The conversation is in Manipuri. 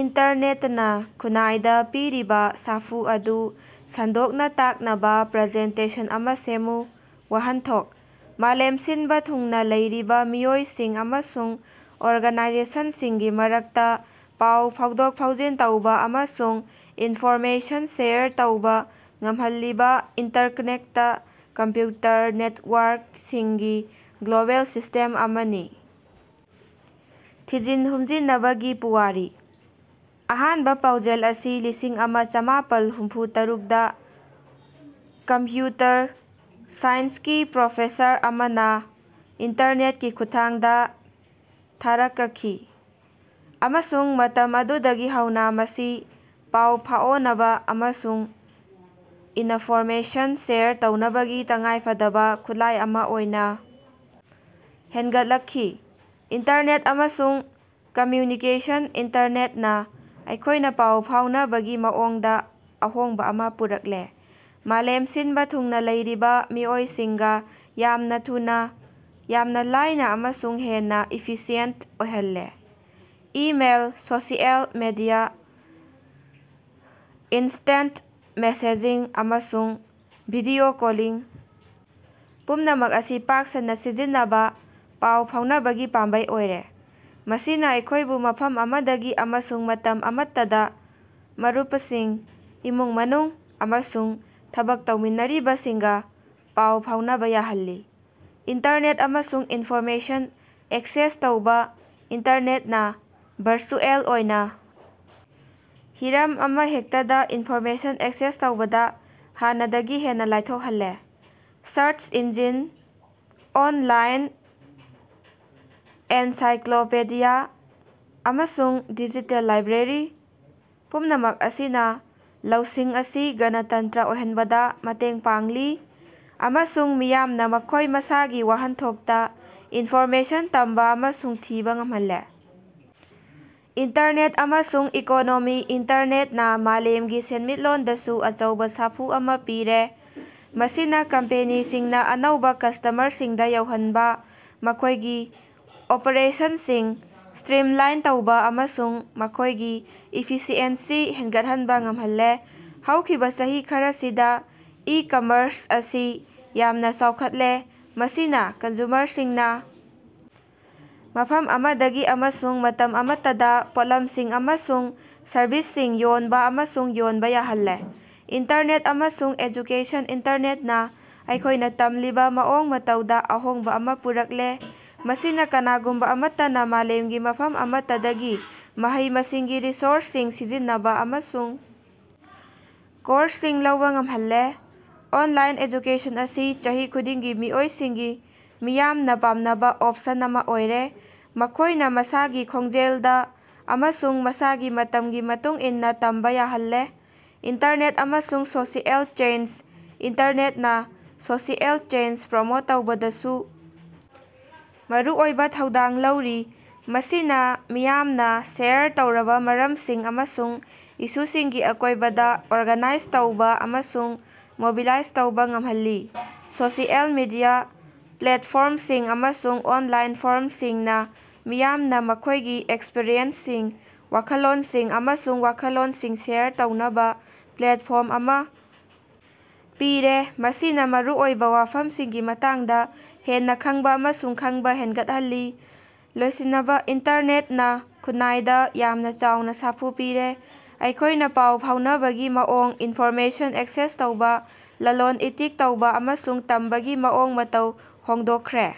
ꯏꯟꯇꯔꯅꯦꯇꯅ ꯈꯨꯟꯅꯥꯏꯗ ꯄꯤꯔꯤꯕ ꯁꯥꯐꯨ ꯑꯗꯨ ꯁꯟꯗꯣꯛꯅ ꯇꯥꯛꯅꯕ ꯄ꯭ꯔꯖꯦꯟꯇꯦꯁꯟ ꯑꯃ ꯁꯦꯝꯃꯨ꯫ ꯋꯥꯍꯟꯊꯣꯛ: ꯃꯥꯂꯦꯝ ꯁꯤꯟꯕ ꯊꯨꯡꯅ ꯂꯩꯔꯤꯕ ꯃꯤꯑꯣꯏꯁꯤꯡ ꯑꯃꯁꯨꯡ ꯑꯣꯔꯒꯥꯅꯥꯏꯖꯦꯁꯟꯁꯤꯡꯒꯤ ꯃꯔꯛꯇ ꯄꯥꯎ ꯐꯥꯎꯗꯣꯛ-ꯐꯥꯎꯖꯤꯟ ꯇꯧꯕ ꯑꯃꯁꯨꯡ ꯏꯟꯐꯣꯔꯃꯦꯁꯟ ꯁꯦꯌꯔ ꯇꯧꯕ ꯉꯝꯍꯜꯂꯤꯕ ꯏꯟꯇꯔꯀꯅꯦꯛꯇ ꯀꯝꯄ꯭ꯌꯨꯇꯔ ꯅꯦꯇꯋꯥꯔꯀꯁꯤꯡꯒꯤ ꯒ꯭ꯂꯣꯕꯦꯜ ꯁꯤꯁꯇꯦꯝ ꯑꯃꯅꯤ꯫ ꯊꯤꯖꯤꯟ ꯍꯨꯝꯖꯤꯅꯕꯒꯤ ꯄꯨꯋꯥꯔꯤ: ꯑꯍꯥꯟꯕ ꯄꯥꯎꯖꯦꯜ ꯑꯁꯤ ꯂꯤꯁꯤꯡ ꯑꯃ ꯆꯥꯃꯥꯄꯜ ꯍꯨꯝꯐꯨ ꯇꯔꯨꯛꯗꯥ ꯀꯝꯞꯌꯨꯇꯔ ꯁꯥꯏꯟꯁꯀꯤ ꯄ꯭ꯔꯣꯐꯦꯁꯔ ꯑꯃꯅꯥ ꯏꯟꯇꯔꯅꯦꯠꯀꯤ ꯈꯨꯠꯊꯥꯡꯗꯥ ꯊꯥꯔꯀꯈꯤ, ꯑꯃꯁꯨꯡ ꯃꯇꯝ ꯑꯗꯨꯗꯒꯤ ꯍꯧꯅꯥ ꯃꯁꯤ ꯄꯥꯎ ꯐꯥꯑꯣꯅꯕꯥ ꯑꯃꯁꯨꯡ ꯏꯅꯐꯣꯔꯃꯦꯁꯟ ꯁꯦꯌꯔ ꯇꯧꯅꯕꯒꯤ ꯇꯉꯥꯏꯐꯗꯕꯥ ꯈꯨꯠꯂꯥꯏ ꯑꯃꯥ ꯑꯣꯏꯅꯥ ꯍꯦꯟꯒꯠꯂꯛꯈꯤ꯫ ꯏꯟꯇꯔꯅꯦꯠ ꯑꯃꯁꯨꯡ ꯀꯝꯃ꯭ꯌꯨꯅꯤꯀꯦꯁꯟ ꯏꯟꯇꯔꯅꯦꯠꯅ ꯑꯩꯈꯣꯏꯅ ꯄꯥꯎ ꯐꯥꯎꯅꯕꯒꯤ ꯃꯑꯣꯡꯗ ꯑꯍꯣꯡꯕ ꯑꯃ ꯄꯨꯔꯛꯂꯦ, ꯃꯥꯂꯦꯝ ꯁꯤꯟꯕ ꯊꯨꯡꯅ ꯂꯩꯔꯤꯕ ꯃꯤꯑꯣꯏꯁꯤꯡꯒ ꯌꯥꯝꯅ ꯊꯨꯅ, ꯌꯥꯝꯅ ꯂꯥꯏꯅ ꯑꯃꯁꯨꯡ ꯍꯦꯟꯅ ꯏꯐꯤꯁꯤꯌꯦꯟꯇ ꯑꯣꯏꯍꯜꯂꯦ꯫ Email, social media, instant messaging, ꯑꯃꯁꯨꯡ ꯚꯤꯗꯤꯑꯣ ꯀꯣꯂꯤꯡ ꯄꯨꯝꯅꯃꯛ ꯑꯁꯤ ꯄꯥꯛ ꯁꯟꯅꯥ ꯁꯤꯖꯤꯟꯅꯕꯥ ꯄꯥꯎ ꯐꯥꯎꯅꯕꯒꯤ ꯄꯥꯝꯕꯩ ꯑꯣꯏꯔꯦ, ꯃꯁꯤꯅ ꯑꯩꯈꯣꯏꯕꯨ ꯃꯐꯝ ꯑꯃꯗꯒꯤ ꯑꯃꯁꯨꯡ ꯃꯇꯝ ꯑꯃꯠꯇꯗꯥ ꯃꯔꯨꯄꯁꯤꯡ, ꯏꯃꯨꯡ ꯃꯅꯨꯡ, ꯑꯃꯁꯨꯡ ꯊꯕꯛ ꯇꯧꯃꯤꯟꯅꯔꯤꯕꯁꯤꯡꯒ ꯄꯥꯎ ꯐꯥꯎꯅꯕ ꯌꯥꯍꯜꯂꯤ꯫ ꯏꯟꯇꯔꯅꯦꯠ ꯑꯃꯁꯨꯡ ꯏꯟꯐꯣꯔꯃꯦꯁꯟ ꯑꯦꯛꯁꯦꯁ ꯇꯧꯕ ꯏꯟꯇꯔꯅꯦꯠꯅ ꯚꯔꯆꯨꯑꯦꯜ ꯑꯣꯏꯅ ꯍꯤꯔꯝ ꯑꯃꯍꯦꯛꯇꯗ ꯏꯟꯐꯣꯔꯃꯦꯁꯟ ꯑꯦꯛꯁꯦꯁ ꯇꯧꯕꯗ ꯍꯥꯟꯅꯗꯒꯤ ꯍꯦꯟꯅ ꯂꯥꯏꯊꯣꯛꯍꯜꯂꯦ꯫ ꯁꯔꯆ ꯏꯟꯖꯤꯟ, ꯑꯣꯟꯂꯥꯏꯟ ꯑꯦꯟꯁꯥꯏꯀꯂꯣꯄꯤꯗꯤꯌꯥ, ꯑꯃꯁꯨꯡ ꯗꯤꯖꯤꯇꯦꯜ ꯂꯥꯏꯕ꯭ꯔꯦꯔꯤ ꯄꯨꯝꯅꯃꯛ ꯑꯁꯤꯅ ꯂꯧꯁꯤꯡ ꯑꯁꯤ ꯒꯅꯇꯟꯇꯔ ꯑꯣꯏꯍꯟꯕꯗ ꯃꯇꯦꯡ ꯄꯥꯡꯂꯤ ꯑꯃꯁꯨꯡ ꯃꯤꯌꯥꯝꯅ ꯃꯈꯣꯏ ꯃꯁꯥꯒꯤ ꯋꯥꯍꯟꯊꯣꯛꯇ ꯏꯟꯐꯣꯔꯃꯦꯁꯟ ꯇꯝꯕ ꯑꯃꯁꯨꯡ ꯊꯤꯕ ꯉꯝꯍꯜꯂꯦ꯫ ꯏꯟꯇꯔꯅꯦꯠ ꯑꯃꯁꯨꯡ ꯏꯀꯣꯅꯣꯃꯤ ꯏꯟꯇꯔꯅꯦꯠꯅꯥ ꯃꯥꯂꯦꯝꯒꯤ ꯁꯦꯟꯃꯤꯠꯂꯣꯟꯗꯁꯨ ꯑꯆꯧꯕ ꯁꯥꯐꯨ ꯑꯃ ꯄꯤꯔꯦ, ꯃꯁꯤꯅ ꯀꯝꯄꯦꯅꯤꯁꯤꯡꯅ ꯑꯅꯧꯕ ꯀꯁ꯭ꯇꯃꯔꯁꯤꯡꯗ ꯌꯧꯍꯟꯕ, ꯃꯈꯣꯏꯒꯤ ꯑꯣꯄꯔꯦꯁꯟꯁꯤꯡ ꯁ꯭ꯇꯔꯤꯝꯂꯥꯏꯟ ꯇꯧꯕ, ꯑꯃꯁꯨꯡ ꯃꯈꯣꯏꯒꯤ ꯏꯐꯤꯁꯤꯑꯦꯟꯁꯤ ꯍꯦꯟꯒꯠꯍꯟꯕ ꯉꯝꯍꯜꯂꯦ꯫ ꯍꯧꯈꯤꯕ ꯆꯍꯤ ꯈꯔꯁꯤꯗ ꯏ-ꯀꯝꯃꯔꯁ ꯑꯁꯤ ꯌꯥꯝꯅ ꯆꯥꯎꯈꯠꯂꯦ, ꯃꯁꯤꯅ ꯀꯟꯖꯨꯃꯔꯁꯤꯡꯅꯥ ꯃꯐꯝ ꯑꯃꯗꯒꯤ ꯑꯃꯁꯨꯡ ꯃꯇꯝ ꯑꯃꯠꯇꯗꯥ ꯄꯣꯠꯂꯝꯁꯤꯡ ꯑꯃꯁꯨꯡ ꯁꯔꯕꯤꯁꯁꯤꯡ ꯌꯣꯟꯕ ꯑꯃꯁꯨꯡ ꯌꯣꯟꯕ ꯌꯥꯍꯜꯂꯦ꯫ ꯏꯟꯇꯔꯅꯦꯠ ꯑꯃꯁꯨꯡ ꯑꯦꯖꯨꯀꯦꯁꯟ ꯏꯟꯇꯔꯅꯦꯠꯅꯥ ꯑꯩꯈꯣꯏꯅ ꯇꯝꯂꯤꯕ ꯃꯑꯣꯡ ꯃꯇꯧꯗ ꯑꯍꯣꯡꯕ ꯑꯃ ꯄꯨꯔꯛꯂꯦ, ꯃꯁꯤꯅ ꯀꯅꯥꯒꯨꯝꯕ ꯑꯃꯠꯇꯅ ꯃꯥꯂꯦꯝꯒꯤ ꯃꯐꯝ ꯑꯃꯠꯇꯗꯒꯤ ꯃꯍꯩ-ꯃꯁꯤꯡꯒꯤ ꯔꯤꯁꯣꯔꯁꯁꯤꯡ ꯁꯤꯖꯤꯟꯅꯕ ꯑꯃꯁꯨꯡ ꯀꯣꯔꯁꯁꯤꯡ ꯂꯧꯕꯥ ꯉꯝꯍꯜꯂꯦ꯫ ꯑꯣꯟꯂꯥꯏꯟ ꯑꯦꯖꯨꯀꯦꯁꯟ ꯑꯁꯤ ꯆꯍꯤ ꯈꯨꯗꯤꯡꯒꯤ ꯃꯤꯑꯣꯏꯁꯤꯡꯒꯤ ꯃꯤꯌꯥꯝꯅ ꯄꯥꯝꯅꯕ ꯑꯣꯄꯁꯟ ꯑꯃ ꯑꯣꯏꯔꯦ, ꯃꯈꯣꯏꯅ ꯃꯁꯥꯒꯤ ꯈꯣꯡꯖꯦꯜꯗ ꯑꯃꯁꯨꯡ ꯃꯁꯥꯒꯤ ꯃꯇꯝꯒꯤ ꯃꯇꯨꯡ ꯏꯟꯅ ꯇꯝꯕ ꯌꯥꯍꯜꯂꯦ꯫ ꯏꯟꯇꯔꯅꯦꯠ ꯑꯃꯁꯨꯡ ꯁꯣꯁꯤꯑꯦꯜ ꯆꯦꯟꯖ ꯏꯟꯇꯔꯅꯦꯠꯅꯥ ꯁꯣꯁꯤꯑꯦꯜ ꯆꯦꯟꯖ ꯄ꯭ꯔꯃꯣꯠ ꯇꯧꯕꯗꯁꯨ ꯃꯔꯨꯑꯣꯏꯕ ꯊꯧꯗꯥꯡ ꯂꯧꯔꯤ, ꯃꯁꯤꯅ ꯃꯤꯌꯥꯝꯅ ꯁꯦꯌꯔ ꯇꯧꯔꯕ ꯃꯔꯝꯁꯤꯡ ꯑꯃꯁꯨꯡ ꯏꯁꯨꯁꯤꯡꯒꯤ ꯑꯀꯣꯏꯕꯗ ꯑꯣꯔꯒꯥꯅꯥꯏꯖ ꯇꯧꯕ ꯑꯃꯁꯨꯡ ꯃꯣꯕꯤꯂꯥꯏꯖ ꯇꯧꯕꯥ ꯉꯝꯍꯜꯂꯤ꯫ ꯁꯣꯁꯤꯑꯦꯜ ꯃꯤꯗꯤꯌ ꯄ꯭ꯂꯦꯠꯐꯣꯔꯝꯁꯤꯡ ꯑꯃꯁꯨꯡ ꯑꯣꯟꯂꯥꯏꯟ ꯐꯣꯔꯝꯁꯤꯡꯅ ꯃꯤꯌꯥꯝꯅ ꯃꯈꯣꯏꯒꯤ ꯑꯦꯛꯁꯄꯔꯤꯌꯦꯟꯁꯁꯤꯡ, ꯋꯥꯈꯜꯂꯣꯟꯁꯤꯡ, ꯑꯃꯁꯨꯡ ꯋꯥꯈꯜꯂꯣꯟꯁꯤꯡ ꯁꯦꯌꯔ ꯇꯧꯅꯕꯥ ꯄ꯭ꯂꯦꯠꯐꯣꯔꯝ ꯑꯃ ꯄꯤꯔꯦ, ꯃꯁꯤꯅ ꯃꯔꯨꯑꯣꯏꯕ ꯋꯥꯐꯝꯁꯤꯡꯒꯤ ꯃꯇꯥꯡꯗ ꯍꯦꯟꯅ ꯈꯪꯕ ꯑꯃꯁꯨꯡ ꯈꯪꯕ ꯍꯦꯟꯒꯠꯍꯜꯂꯤ꯫ ꯂꯣꯏꯁꯤꯅꯕ ꯏꯟꯇꯔꯅꯦꯠꯅ ꯈꯨꯟꯅꯥꯏꯗ ꯌꯥꯝꯅ ꯆꯥꯎꯅ ꯁꯥꯐꯨ ꯄꯤꯔꯦ, ꯑꯩꯈꯣꯏꯅ ꯄꯥꯎ ꯐꯥꯎꯅꯕꯒꯤ ꯃꯑꯣꯡ, ꯏꯟꯐꯣꯔꯃꯦꯁꯟ ꯑꯦꯛꯁꯦꯁ ꯇꯧꯕ, ꯂꯂꯣꯟ-ꯏꯇꯤꯛ ꯇꯧꯕ, ꯑꯃꯁꯨꯡ ꯇꯝꯕꯒꯤ ꯃꯑꯣꯡ ꯃꯇꯧ ꯍꯣꯡꯗꯣꯛꯈ꯭ꯔꯦ꯫